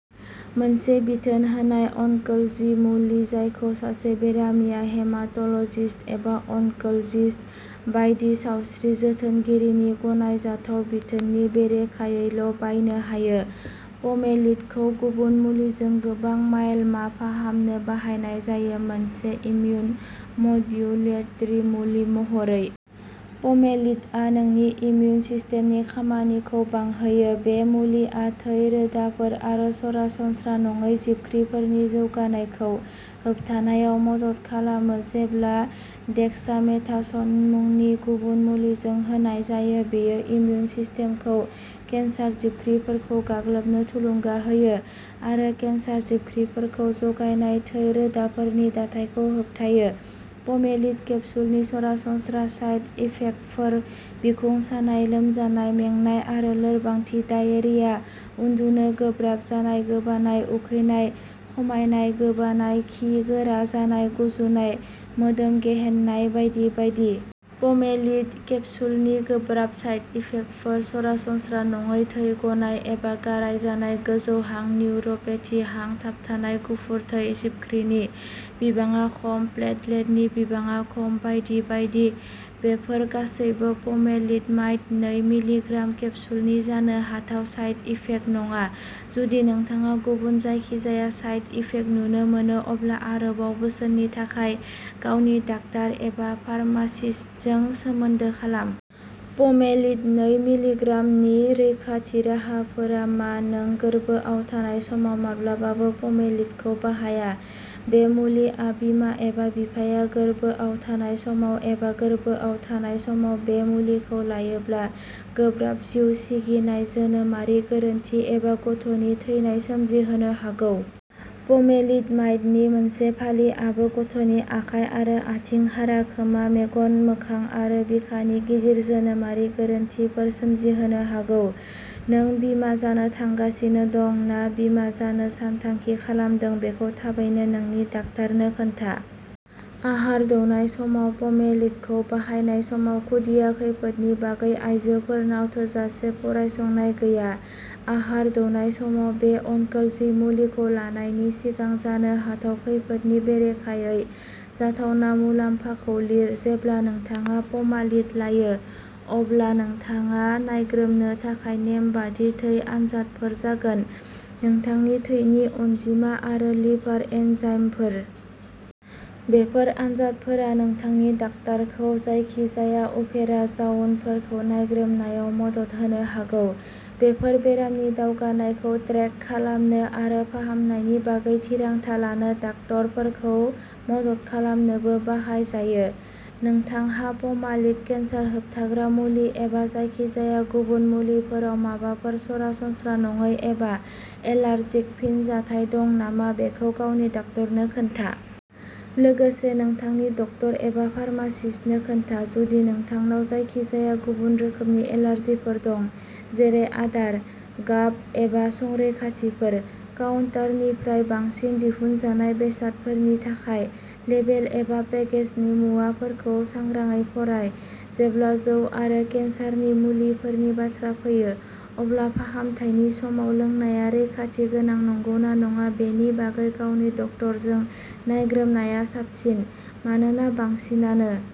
मोनसे बिथोन होनाय अनकोलजि मुलि जायखौ सासे बेरामिया हेमाट'लजिस्ट एबा अनकोलजिस्ट बायदि सावस्रि जोथोनगिरिनि गनायजाथाव बिथोननि बेरेखायैल' बायनो हायो। पमेलिडखौ गुबुन मुलिजों गोबां मायल मा फाहामनो बाहायनाय जायो। मोनसे इम्युन मड्युलेटरि मुलि महरै पमेलिड आ नोंनि इमिउन सिस्टेमनि खामानिखौ बांहोयो बे मुलिआ थै रोदाफोर आरो सरासनस्रा नङै जिबख्रिफोरनि जौगानायखौ होबथानायाव मदद खालामो जेब्ला डेक्सामेथास'न मुंनि गुबुन मुलिजों होनाय जायो बेयो इमिउन सिस्टेमखौ केन्सार जिबख्रिफोरखौ गाग्लोबनो थुलुंगा होयो आरो केन्सार जिबख्रिफोरखौ जगायनाय थै रोदाफोरनि दाथायखौ होबथायो पमेलिड केप्सुलनि सरासनस्रा साइड इफेक्टफोर बिखुं सानाय लोमजानाय मेंनाय आरो लोरबांथि डायेरिया उन्दुनो गोब्राब जानाय गोबानाय उखैनाय खमायनाय गोबानाय खि गोरा जानाय गुजुनाय मोदोम गेहेननाय बायदि बायदि। पमेलिड केप्सुलनि गोब्राब साइड इफेक्टफोर सरासनस्रा नङै थै गनाय एबा गाराय जानाय गोजौ हां निउर'पेथि हां थाबथानाय गुफुर थै जिबख्रिनि बिबाङा खम प्लेटलेटनि बिबाङा खम बायदि बायदि बेफोर गासैबो पमेलिड'माइड नै मिलि ग्राम केप्सुलनि जानो हाथाव साइड इफेक्ट नङा जुदि नोंथाङा गुबुन जायखिजाया साइड इफेक्ट नुनो मोनो अब्ला आरोबाव बोसोननि थाखाय गावनि डाक्टार एबा फार्मासिस्टजों सोमोन्दो खालाम। पमेलिड नै मिलि ग्राम नि रैखाथि राहाफोरा मा नों गोरबोआव थानाय समाव माब्लाबाबो पमेलिडखौ बाहाया बे मुलिआ बिमा एबा बिफाया गोर्बोआव थानाय समाव एबा गोर्बोआव थानाय समाव बे मुलिखौ लायोब्ला गोब्राब जिउ सिगिनाय जोनोमारि गोरोन्थि एबा गथ'नि थैनाय सोमजिहोनो हागौ। पमेलिड'माइडनि मोनसे फालिआबो गथ'नि आखाइ आरो आथिं हारा खोमा मेगन मोखां आरो बिखानि गिदिर जोनोमारि गोरोन्थिफोर सोमजिहोनो हागौ। नों बिमा जानो थांगासिनो दं ना बिमा जानो सानथांखि खालामदों बेखौ थाबैनो नोंनि डाक्टारनो खोन्था आहार दौनाय समाव पमेलिडखौ बाहायनाय समाव खुदिया खैफोदनि बागै आयजोफोरनाव थोजासे फरायसंनाय गैया आहार दौनाय समाव बे अनकोलजि मुलिखौ लानायनि सिगां जानो हाथाव खैफोदनि बेरेखायै जाथावना मुलाम्फाखौ लिर जेब्ला नोंथाङा पमालिड लायो, अब्ला नोंथाङा नायग्रोमनो थाखाय नेमबादि थै आनजादफोर जागोनः नोंथांनि थैनि अनजिमा आरो लिभार एन्जाइमफोर। बेफोर आनजादफोरा नोंथांनि डाक्टारखौ जायखिजाया उफेरा जाउनफोरखौ नायग्रोमनायाव मदद होनो हागौ। बेफोर बेरामनि दावगानायखौ ट्रेक खालामनो आरो फाहामनायनि बागै थिरांथा लानो डक्टरफोरखौ मदद खालामनोबो बाहाय जायो। नोंथांहा पमालिड केन्सार होबथाग्रा मुलि एबा जायखिजाया गुबुन मुलिफोराव माबाफोर सरासनस्रा नङै एबा एलार्जिक फिनजाथाय दं नामा बेखौ गावनि डक्टरनो खोन्था। लोगोसे नोंथांनि डक्टर एबा फार्मासिस्टनो खोन्था, जुदि नोंथांनाव जायखिजाया गुबुन रोखोमनि एलार्जिफोर दं, जेरै आदार, गाब एबा संरैखाथिफोर। काउन्टारनिफ्राय बांसिन दिहुनजानाय बेसादफोरनि थाखाय, लेबेल एबा पेकेजनि मुवाफोरखौ सांग्राङै फराय। जेब्ला जौ आरो केन्सारनि मुलिफोरनि बाथ्रा फैयो, अब्ला फाहामथायनि समाव लोंनाया रैखाथि गोनां नंगौना नङा बेनि बागै गावनि डक्टरजों नायग्रोमनाया साबसिन। मानोना, बांसिनानो